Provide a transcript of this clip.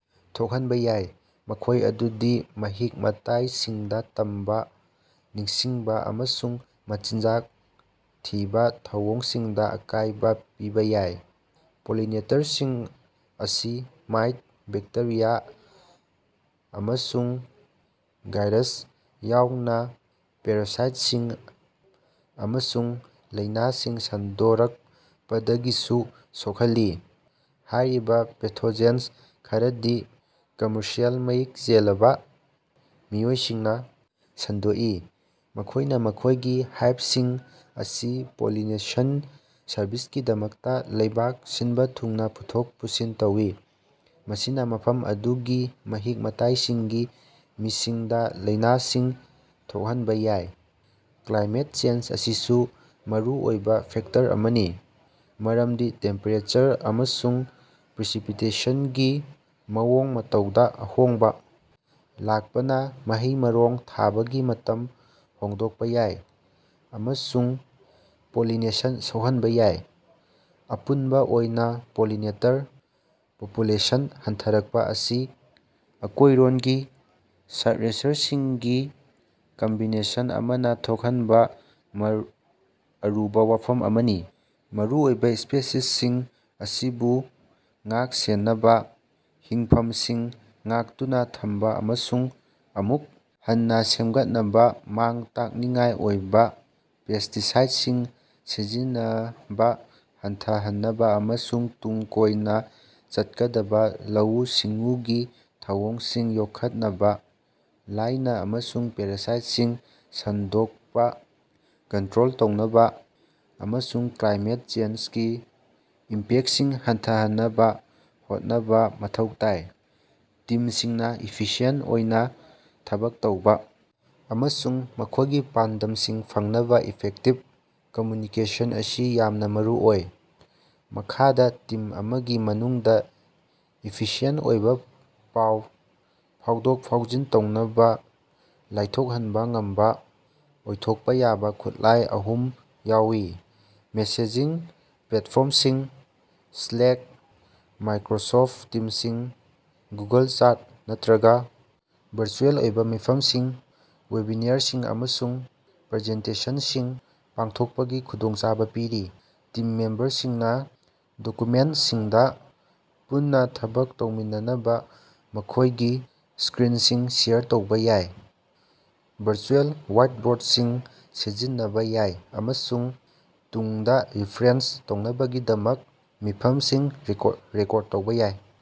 ꯊꯣꯛꯍꯟꯕ ꯌꯥꯏ꯫ ꯃꯈꯣꯏ ꯑꯗꯨꯗꯤ ꯃꯍꯤꯛ-ꯃꯇꯥꯏꯁꯤꯡꯗ ꯇꯝꯕ, ꯅꯤꯡꯁꯤꯡꯕ ꯑꯃꯁꯨꯡ ꯃꯆꯤꯟꯖꯥꯛ ꯊꯤꯕꯒꯤ ꯊꯧꯑꯣꯡꯁꯤꯡꯗ ꯑꯀꯥꯏꯕ ꯄꯤꯕ ꯌꯥꯏ꯫ ꯄꯣꯂꯤꯅꯦꯇ꯭ꯔꯁꯤꯡ ꯑꯁꯤ ꯃꯥꯏꯠ, ꯕꯦꯛꯇꯦꯔꯤꯌꯥ ꯑꯃꯁꯨꯡ ꯚꯥꯏꯔꯁ ꯌꯥꯎꯅ ꯄꯦꯔꯥꯁꯥꯏꯠꯁꯤꯡ ꯑꯃꯁꯨꯡ ꯂꯥꯏꯅꯥꯁꯤꯡ ꯁꯟꯗꯣꯔꯛꯄꯗꯒꯤꯁꯨ ꯁꯣꯛꯍꯜꯂꯤ꯫ ꯍꯥꯏꯔꯤꯕ ꯄꯦꯊꯣꯖꯦꯟ ꯈꯔꯗꯤ ꯀꯝꯃꯔꯁꯤꯑꯦꯜ ꯃꯍꯤꯛ ꯆꯦꯜꯂꯕ ꯃꯤꯑꯣꯏꯁꯤꯡꯅ ꯁꯟꯗꯣꯛꯏ꯫ ꯃꯈꯣꯏꯅ ꯃꯈꯣꯏꯒꯤ ꯍꯥꯏꯕꯁꯤꯡ ꯑꯁꯤ ꯄꯣꯂꯤꯅꯦꯁꯟ ꯁꯔꯚꯤꯁꯁꯤꯡꯒꯤꯗꯃꯛꯇ ꯂꯩꯕꯥꯛ ꯁꯤꯟꯕ ꯊꯨꯡꯅ ꯄꯨꯊꯣꯛ ꯄꯨꯁꯤꯟ ꯇꯧꯏ꯫ ꯃꯁꯤꯅ ꯃꯐꯝ ꯑꯗꯨꯒꯤ ꯃꯍꯤꯛ-ꯃꯇꯥꯏꯁꯤꯡꯒꯤ ꯃꯤꯁꯤꯡꯗ ꯂꯥꯏꯅꯥꯁꯤꯡ ꯊꯣꯛꯍꯟꯕ ꯌꯥꯏ꯫ ꯀ꯭ꯂꯥꯏꯃꯦꯠ ꯆꯦꯟꯖ ꯑꯁꯤꯁꯨ ꯃꯔꯨꯑꯣꯏꯕ ꯐꯦꯛꯇꯔ ꯑꯃꯅꯤ꯫ ꯃꯔꯝꯗꯤ ꯇꯦꯝꯄꯦꯔꯦꯆꯔ ꯑꯃꯁꯨꯡ ꯄ꯭ꯔꯦꯁꯤꯄꯤꯇꯦꯁꯟꯒꯤ ꯃꯑꯣꯡ-ꯃꯇꯧꯗ ꯑꯍꯣꯡꯕ ꯂꯥꯛꯄꯅ ꯃꯍꯩ-ꯃꯔꯣꯡ ꯊꯥꯕꯒꯤ ꯃꯇꯝ ꯍꯣꯡꯗꯣꯛꯄ ꯌꯥꯏ꯫ ꯑꯃꯁꯨꯡ ꯄꯣꯂꯤꯅꯦꯁꯟ ꯁꯣꯛꯍꯟꯕ ꯌꯥꯏ꯫ ꯑꯄꯨꯟꯕ ꯑꯣꯏꯅ ꯄꯣꯂꯤꯅꯦꯇꯔ ꯄꯣꯄꯨꯂꯦꯁꯟ ꯍꯟꯊꯔꯛꯄ ꯑꯁꯤ ꯑꯀꯣꯏꯔꯣꯟꯒꯤ ꯁ꯭ꯇꯔꯦꯁꯔꯁꯤꯡꯒꯤ ꯀꯝꯕꯤꯅꯦꯁꯟ ꯑꯃꯅ ꯊꯣꯛꯍꯟꯕ ꯑꯔꯨꯕ ꯋꯥꯐꯝ ꯑꯃꯅꯤ꯫ ꯃꯔꯨꯑꯣꯏꯕ ꯁ꯭ꯄꯤꯁꯤꯁꯁꯤꯡ ꯑꯁꯤꯕꯨ ꯉꯥꯛ-ꯁꯦꯟꯅꯕ, ꯍꯤꯡꯐꯃꯁꯤꯡ ꯉꯥꯛꯇꯨꯅ ꯊꯝꯅꯕ ꯑꯃꯁꯨꯡ ꯑꯃꯨꯛ ꯍꯟꯅ ꯁꯦꯃꯒꯠꯅꯕ, ꯃꯥꯡ-ꯇꯥꯛꯅꯤꯡꯉꯥꯏ ꯑꯣꯏꯕ ꯄꯦꯁ꯭ꯇꯤꯁꯥꯏꯗꯁꯤꯡ ꯁꯤꯖꯤꯟꯅꯕ ꯍꯟꯊꯍꯟꯅꯕ ꯑꯃꯁꯨꯡ ꯇꯨꯡ ꯀꯣꯏꯅ ꯆꯠꯀꯗꯕ ꯂꯧꯎ-ꯁꯤꯡꯎꯒꯤ ꯊꯧꯑꯣꯡꯁꯤꯡ ꯌꯣꯛꯈꯠꯅꯕ, ꯂꯥꯌꯅꯥ ꯑꯃꯁꯨꯡ ꯄꯦꯔꯥꯁꯥꯏꯠꯁꯤꯡ ꯁꯟꯗꯣꯀꯄꯥ ꯀꯟꯠꯔꯣꯜ ꯇꯧꯅꯕ, ꯑꯃꯁꯨꯡ ꯀ꯭ꯂꯥꯏꯃꯦꯠ ꯆꯦꯟꯖꯒꯤ ꯏꯝꯄꯦꯛꯇꯁꯤꯡ ꯍꯟꯊꯍꯟꯅꯕ ꯍꯣꯠꯅꯕ ꯃꯊꯧ ꯇꯥꯏ꯫ ꯇꯤꯝꯁꯤꯡꯅ ꯏꯐꯤꯁꯤꯌꯦꯟꯇ ꯑꯣꯏꯅ ꯊꯕꯛ ꯇꯧꯕ ꯑꯃꯁꯨꯡ ꯃꯈꯣꯏꯒꯤ ꯄꯥꯟꯗꯝꯁꯤꯡ ꯐꯪꯅꯕ ꯏꯐꯦꯛꯇꯤꯕ ꯀꯝꯝꯌꯨꯅꯤꯀꯦꯁꯟ ꯑꯁꯤ ꯌꯥꯝꯅ ꯃꯔꯨꯑꯣꯏ꯫ ꯃꯈꯥꯗ ꯇꯤꯝ ꯑꯃꯒꯤ ꯃꯅꯨꯡꯗ ꯏꯐꯤꯁꯤꯑꯦꯟꯇ ꯑꯣꯏꯕ ꯄꯥꯎ ꯐꯥꯎꯗꯣꯛ-ꯐꯥꯎꯖꯤꯟ ꯇꯧꯕꯗ ꯂꯥꯏꯊꯣꯛꯍꯟꯕ ꯉꯝꯕ ꯑꯣꯏꯊꯣꯛꯄ ꯌꯥꯕ ꯈꯨꯠꯂꯥꯏ ꯑꯍꯨꯝ ꯌꯥꯎꯏ: ꯃꯦꯁꯦꯖꯤꯡ ꯄ꯭ꯂꯦꯇꯐꯣꯔꯃꯁꯤꯡ: ꯁ꯭ꯂꯦꯛ, ꯃꯥꯏꯀ꯭ꯔꯣꯁꯣꯐꯠ ꯇꯤꯝꯁꯤꯡ, ꯒꯨꯒꯜ ꯆꯦꯠ, ꯅꯠꯇ꯭ꯔꯒ ꯚꯔꯆꯨꯑꯦꯜ ꯑꯣꯏꯕ ꯃꯤꯐꯝꯁꯤꯡ, ꯋꯦꯕꯤꯅꯥꯔꯁꯤꯡ, ꯑꯃꯁꯨꯡ ꯄ꯭ꯔꯖꯦꯟꯇꯦꯁꯟꯁꯤꯡ ꯄꯥꯡꯊꯣꯛꯄꯒꯤ ꯈꯨꯗꯣꯡꯆꯥꯕ ꯄꯤꯔꯤ꯫ ꯇꯤꯝ ꯃꯦꯝꯕꯔꯁꯤꯡꯅ ꯗꯣꯀꯨꯃꯦꯟꯇꯁꯤꯡꯗ ꯄꯨꯟꯅ ꯊꯕꯛ ꯇꯧꯃꯤꯟꯅꯅꯕ ꯃꯈꯣꯏꯒꯤ ꯁ꯭ꯀꯔꯤꯅꯁꯤꯡ ꯁꯦꯌꯔ ꯇꯧꯕꯥ ꯌꯥꯏ꯫ ꯚꯔꯆꯨꯑꯦꯜ ꯋꯥꯏꯠꯕꯣꯔꯗꯁꯤꯡ ꯁꯤꯖꯤꯟꯅꯕ ꯌꯥꯏ ꯑꯃꯁꯨꯡ ꯇꯨꯡꯗ ꯔꯤꯐꯔꯦꯟꯁ ꯇꯧꯅꯕꯒꯤꯗꯃꯛ ꯃꯤꯐꯝꯁꯤꯡ ꯔꯦꯀꯣꯔꯗ ꯇꯧꯕ ꯌꯥꯏ꯫